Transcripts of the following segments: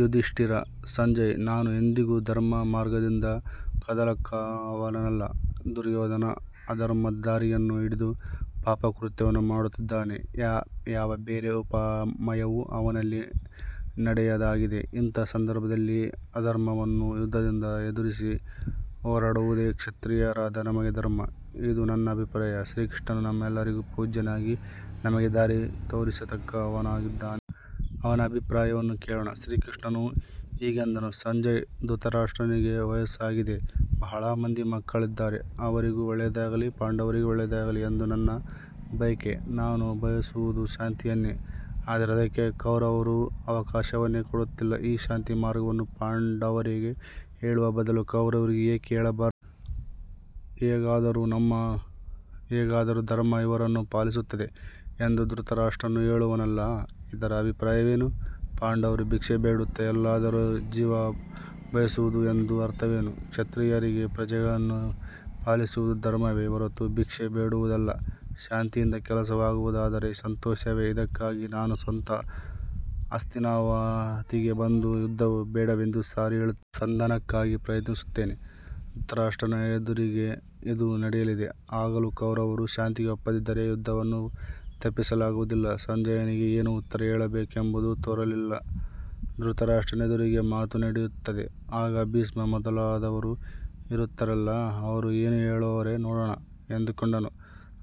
ಯುಧಿಷ್ಠಿರ: ಸಂಜಯ, ನಾನು ಎಂದಿಗೂ ಧರ್ಮಮಾರ್ಗದಿಂದ ಕದಲತಕ್ಕವನಲ್ಲ. ದುರ್ಯೋಧನ ಅಧರ್ಮದ ದಾರಿಯನ್ನು ಹಿಡಿದು ಪಾಪಕೃತ್ಯವನ್ನು ಮಾಡುತ್ತಿದ್ದಾನೆ. ಯಾವ ಬೇರೆ ಉಪಾಯವೂ ಅವನಲ್ಲಿ ನಡೆಯದಾಗಿದೆ. ಇಂಥ ಸಂದರ್ಭದಲ್ಲಿ ಅಧರ್ಮವನ್ನು ಯುದ್ಧದಿಂದ ಎದುರಿಸಿ ಹೋರಾಡುವುದೇ ಕ್ಷತ್ರಿಯರಾದ ನಮಗೆ ಧರ್ಮ. ಇದು ನನ್ನ ಅಭಿಪ್ರಾಯ. ಶ್ರೀಕೃಷ್ಣನು ನಮ್ಮೆಲ್ಲರಿಗೂ ಪೂಜ್ಯನಾಗಿ ನಮಗೆ ದಾರಿ ತೋರಿಸತಕ್ಕವನಾಗಿದ್ದಾನೆ. ಅವನ ಅಭಿಪ್ರಾಯವನ್ನು ಕೇಳೋಣ. ಶ್ರೀಕೃಷ್ಣನು ಹೀಗೆಂದನು ಸಂಜಯ, ಧೃತರಾಷ್ಟ್ರನಿಗೆ ವಯಸ್ಸಾಗಿದೆ. ಬಹಳ ಮಂದಿ ಮಕ್ಕಳಿದ್ದಾರೆ. ಅವರಿಗೂ ಒಳ್ಳೆಯದಾಗಲಿ, ಪಾಂಡವರಿಗೂ ಒಳ್ಳೆಯದಾಗಲಿ ಎಂದು ನನ್ನ ಬಯಕೆ. ನಾನು ಬಯಸುವುದು ಶಾಂತಿಯನ್ನೇ. ಆದರೆ ಅದಕ್ಕೆ ಕೌರವರು ಅವಕಾಶವನ್ನೇ ಕೊಡುತ್ತಿಲ್ಲ. ಈ ಶಾಂತಿಮಾರ್ಗವನ್ನು ಪಾಂಡವರಿಗೆ ಹೇಳುವ ಬದಲು ಕೌರವರಿಗೆ ಏಕೆ ಹೇಳಬಾರದು? ಹೇಗಾದರೂ ಧರ್ಮ ಇವರನ್ನು ಪಾಲಿಸುತ್ತದೆ. ಎಂದು ಧೃತರಾಷ್ಟ್ರನು ಹೇಳುವನಲ್ಲ, ಇದರ ಅಭಿಪ್ರಾಯವೇನು? ಪಾಂಡವರು ಭಿಕ್ಷೆ ಬೇಡುತ್ತ ಎಲ್ಲಾದರೂ ಜೀವಸಬಹುದು ಎಂದು ಅರ್ಥವೇನು? ಕ್ಷತ್ರಿಯರಿಗೆ ಪ್ರಜೆಗಳನ್ನು ಪಾಲಿಸುವುದು ಧರ್ಮವೇ ಹೊರತು ಭಿಕ್ಷೆ ಬೇಡುವುದಲ್ಲ. ಶಾಂತಿಯಿಂದ ಕೆಲಸವಾಗುವುದಾದರೆ ಸಂತೋಷವೇ. ಇದಕ್ಕಾಗಿ ನಾನು ಸ್ವತಃ ಹಸ್ತಿನಾವತಿಗೆ ಬಂದು ಯುದ್ಧವು ಬೇಡವೆಂದು ಸಾರಿ ಹೇಳು ಸಂಧಾನಕ್ಕಾಗಿ ಪ್ರಯತ್ನಿಸುತ್ತೇನೆ. ಧೃತರಾಷ್ಟ್ರನ ಎದುರಿಗೇ ಇದು ನಡೆಯಲಿ. ಆಗಲೂ ಕೌರವರು ಶಾಂತಿಗೆ ಒಪ್ಪದಿದ್ದರೆ ಯುದ್ಧವನ್ನು ತಪ್ಪಿಸಲಾಗುವುದಿಲ್ಲ. ಸಂಜಯನಿಗೆ ಏನು ಉತ್ತರ ಹೇಳಬೇಕೆಂಬುದು ತೋರಲಿಲ್ಲ. 'ಧೃತರಾಷ್ಟ್ರನೆದುರಿಗೆ ಮಾತು ನಡೆಯುತ್ತದೆ. ಆಗ ಭೀಷ್ಮ ಮೊದಲಾದವರು ಇರುತ್ತಾರಲ್ಲ, ಅವರು ಏನು ಹೇಳವರೋ ನೋಡೋಣ'- ಎಂದುಕೊಂಡನು.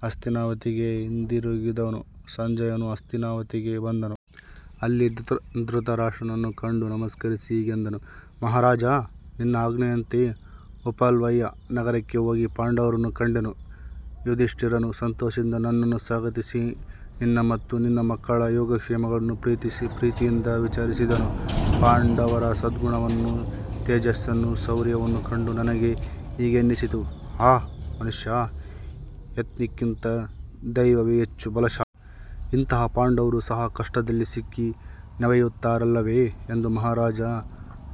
ಹಸ್ತಿನಾವತಿಗೆ ಹಿಂದಿರುಗಿದನು. ಸಂಜಯನು ಹಸ್ತಿನಾವತಿಗೆ ಬಂದನು. ಅಲ್ಲಿ ಧೃತರಾಷ್ಟ್ರನನ್ನು ಕಂಡು ನಮಸ್ಕರಿಸಿ ಹೀಗೆಂದನು. "ಮಹಾರಾಜ, ನಿನ್ನ ಆಜ್ಞೆಯಂತೆ ಉಪಪ್ಲವ್ಯ ನಗರಕ್ಕೆ ಹೋಗಿ ಪಾಂಡವರನ್ನು ಕಂಡೆನು. ಯುಧಿಷ್ಠಿರನು ಸಂತೋಷದಿಂದ ನನ್ನನ್ನು ಸ್ವಾಗತಿಸಿ ನಿನ್ನ ಮತ್ತು ನಿನ್ನ ಮಕ್ಕಳ ಯೋಗಕ್ಷೇಮಗಳನ್ನು ಪ್ರೀತಿಯಿಂದ ವಿಚಾರಿಸಿದನು. ಪಾಂಡವರ ಸದ್ಗುಣವನ್ನೂ ತೇಜಸ್ಸನ್ನೂ ಶೌರ್ಯವನ್ನೂ ಕಂಡು ನನಗೆ ಹೀಗೆನ್ನಿಸಿತು: 'ಆಹಾ! ಮನುಷ್ಯ ಯತ್ನಿಕ್ಕಿಂತ ದೈವವೇ ಹೆಚ್ಚು ಬಲಶಾಲಿ. ಇಂತಹ ಪಾಂಡವರೂ ಸಹ ಕಷ್ಟದಲ್ಲಿ ಸಿಕ್ಕಿ ನವೆಯುತ್ತಾರಲ್ಲವೆ' ಎಂದು ಮಹಾರಾಜ,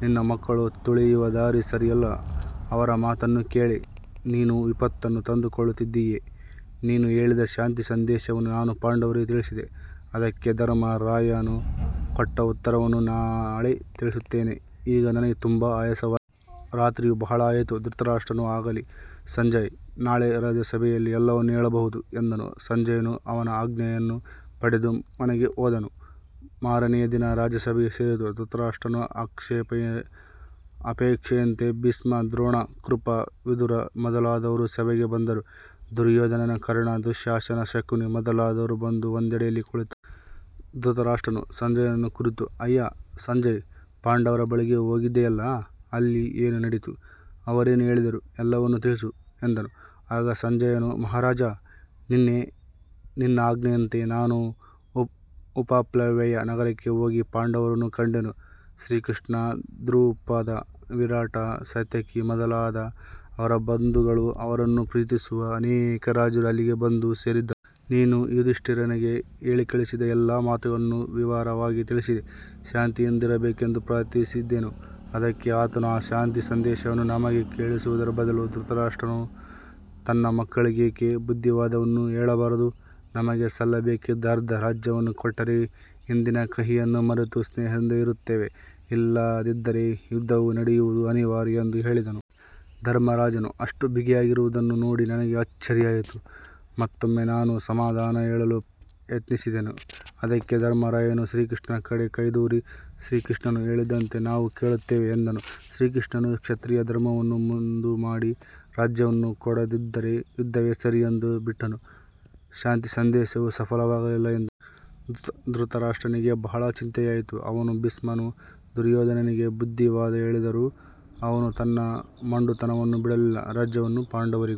ನಿನ್ನ ಮಕ್ಕಳು ತುಳಿಯುವ ದಾರಿ ಸರಿಯಲ್ಲ. ಅವರ ಮಾತನ್ನು ಕೇಳಿ ನೀನು ವಿಪತ್ತನ್ನು ತಂದುಕೊಳ್ಳುತ್ತಿದ್ದೀಯೆ. ನೀನು ಹೇಳಿದ ಶಾಂತಿ ಸಂದೇಶವನ್ನು ನಾನು ಪಾಂಡವರಿಗೆ ತಿಳಿಸಿದೆ. ಅದಕ್ಕೆ ಧರ್ಮರಾಯನು ಕೊಟ್ಟ ಉತ್ತರವನ್ನು ನಾಳೆ ತಿಳಿಸುತ್ತೇನೆ. ಈಗ ನನಗೆ ತುಂಬ ಆಯಾಸವಾಗಿದೆ. ರಾತ್ರಿಯೂ ಬಹಳ ಆಯಿತು". ಧೃತರಾಷ್ಟ್ರನು 'ಆಗಲಿ ಸಂಜಯ, ನಾಳೆ ರಾಜಸಭೆಯಲ್ಲಿ ಎಲ್ಲವನ್ನೂ ಹೇಳಬಹುದು' ಎಂದನು. ಸಂಜಯನು ಅವನ ಅನುಜ್ಞೆಯನ್ನು ಪಡೆದು ಮನೆಗೆ ಹೋದನು. ಮಾರನೆಯ ದಿನ ರಾಜಸಭೆ ಸೇರಿತು. ಧೃತರಾಷ್ಟ್ರನ ಅಪೇಕ್ಷೆಯಂತೆ ಭೀಷ್ಮ, ದ್ರೋಣ, ಕೃಪ, ವಿದುರ ಮೊದಲಾದವರು ಸಭೆಗೆ ಬಂದರು. ದುರ್ಯೋಧನ, ಕರ್ಣ, ದುಶ್ಯಾಸನ, ಶಕುನಿ ಮೊದಲಾದವರೂ ಬಂದು ಒಂದೆಡೆಯಲ್ಲಿ ಕುಳಿತರು. ಧೃತರಾಷ್ಟ್ರನು ಸಂಜಯನನ್ನು ಕುರಿತು "ಅಯ್ಯಾ ಸಂಜಯ, ಪಾಂಡವರ ಬಳಿಗೆ ಹೋಗಿದ್ದೆಯಲ್ಲ, ಅಲ್ಲಿ ಏನು ನಡೆಯಿತು? ಅವರೇನು ಹೇಳಿದರು ಎಲ್ಲವನ್ನೂ ತಿಳಿಸು" ಎಂದನು. ಆಗ ಸಂಜಯನು, "ಮಹಾರಾಜ, ನಿನ್ನ ಆಜ್ಞೆಯಂತೆ ನಾನು ಉಪಪ್ಲವ್ಯ ನಗರಕ್ಕೆ ಹೋಗಿ ಪಾಂಡವರನ್ನು ಕಂಡೆನು. ಶ್ರೀಕೃಷ್ಣ, ದ್ರುಪದ, ವಿರಾಟ, ಸಾತ್ಯಕಿ-ಮೊದಲಾದ ಅವರ ಬಂಧುಗಳೂ ಅವರನ್ನು ಪ್ರೀತಿಸುವ ಅನೇಕ ರಾಜರೂ ಅಲ್ಲಿಗೆ ಬಂದು ಸೇರಿದ್ದರು. ನೀನು ಯುಧಿಷ್ಠಿರನಿಗೆ ಹೇಳಿಕಳಿಸಿದ ಎಲ್ಲ ಮಾತುಗಳನ್ನೂ ವಿವರವಾಗಿ ತಿಳಿಸಿ ಶಾಂತಿಯಿಂದಿರಬೇಕೆಂದು ಪ್ರಾರ್ಥಿಸಿದೆನು. ಅದಕ್ಕೆ ಆತನು ಈ ಶಾಂತಿಸಂದೇಶವನ್ನು ನಮಗೆ ಕಳಿಸುವುದರ ಬದಲು ಧೃತರಾಷ್ಟ್ರನು ತನ್ನ ಮಕ್ಕಳಿಗೇಕೆ ಬುದ್ಧಿವಾದವನ್ನು ಹೇಳಬಾರದು. ನಮಗೆ ಸಲ್ಲಬೇಕಿದ್ದ ಅರ್ಧ ರಾಜ್ಯವನ್ನು ಕೊಟ್ಟರೆ, ಹಿಂದಿನ ಕಹಿಯನ್ನು ಮರೆತು ಸ್ನೇಹದಿಂದ ಇರುತ್ತೇವೆ. ಇಲ್ಲದಿದ್ದರೆ ಯುದ್ಧವು ನಡೆಯುವುದು ಅನಿವಾರ್ಯ ಎಂದು ಹೇಳಿದನು. ಧರ್ಮರಾಜನು ಅಷ್ಟು ಬಿಗಿಯಾಗಿರುವುದನ್ನು ನೋಡಿ ನನಗೆ ಅಚ್ಚರಿಯಾಯಿತು. ಮತ್ತೊಮ್ಮೆ ನಾನು ಸಮಾಧಾನ ಹೇಳಲು ಯತ್ನಿಸಿದೆನು. ಅದಕ್ಕೆ ಧರ್ಮರಾಜನು ಶ್ರೀಕೃಷ್ಣನ ಕಡೆ ಕೈದೋರಿ ಶ್ರೀಕೃಷ್ಣನು ಹೇಳಿದಂತೆ ನಾವು ಕೇಳುತ್ತೇವೆ ಎಂದನು. ಶ್ರೀಕೃಷ್ಣನು ಕ್ಷತ್ರಿಯ ಧರ್ಮವನ್ನು ಮುಂದುಮಾಡಿ ರಾಜ್ಯವನ್ನು ಕೊಡದಿದ್ದರೆ ಯುದ್ಧವೇ ಸರಿ ಎಂದು ಬಿಟ್ಟನು. ಶಾಂತಿಸಂದೇಶವು ಸಫಲವಾಗಲಿಲ್ಲ" ಎಂದನು. ಧೃತರಾಷ್ಟ್ರನಿಗೆ ಬಹಳ ಚಿಂತೆಯಾಯಿತು. ಅವನೂ ಭೀಷ್ಮನೂ ದುರ್ಯೋಧನನಿಗೆ ಬುದ್ಧಿವಾದ ಹೇಳಿದರು. ಅವನು ತನ್ನ ಮೊಂಡುತನವನ್ನು ಬಿಡಲಿಲ್ಲ. ರಾಜ್ಯವನ್ನು ಪಾಂಡವರಿಗೂ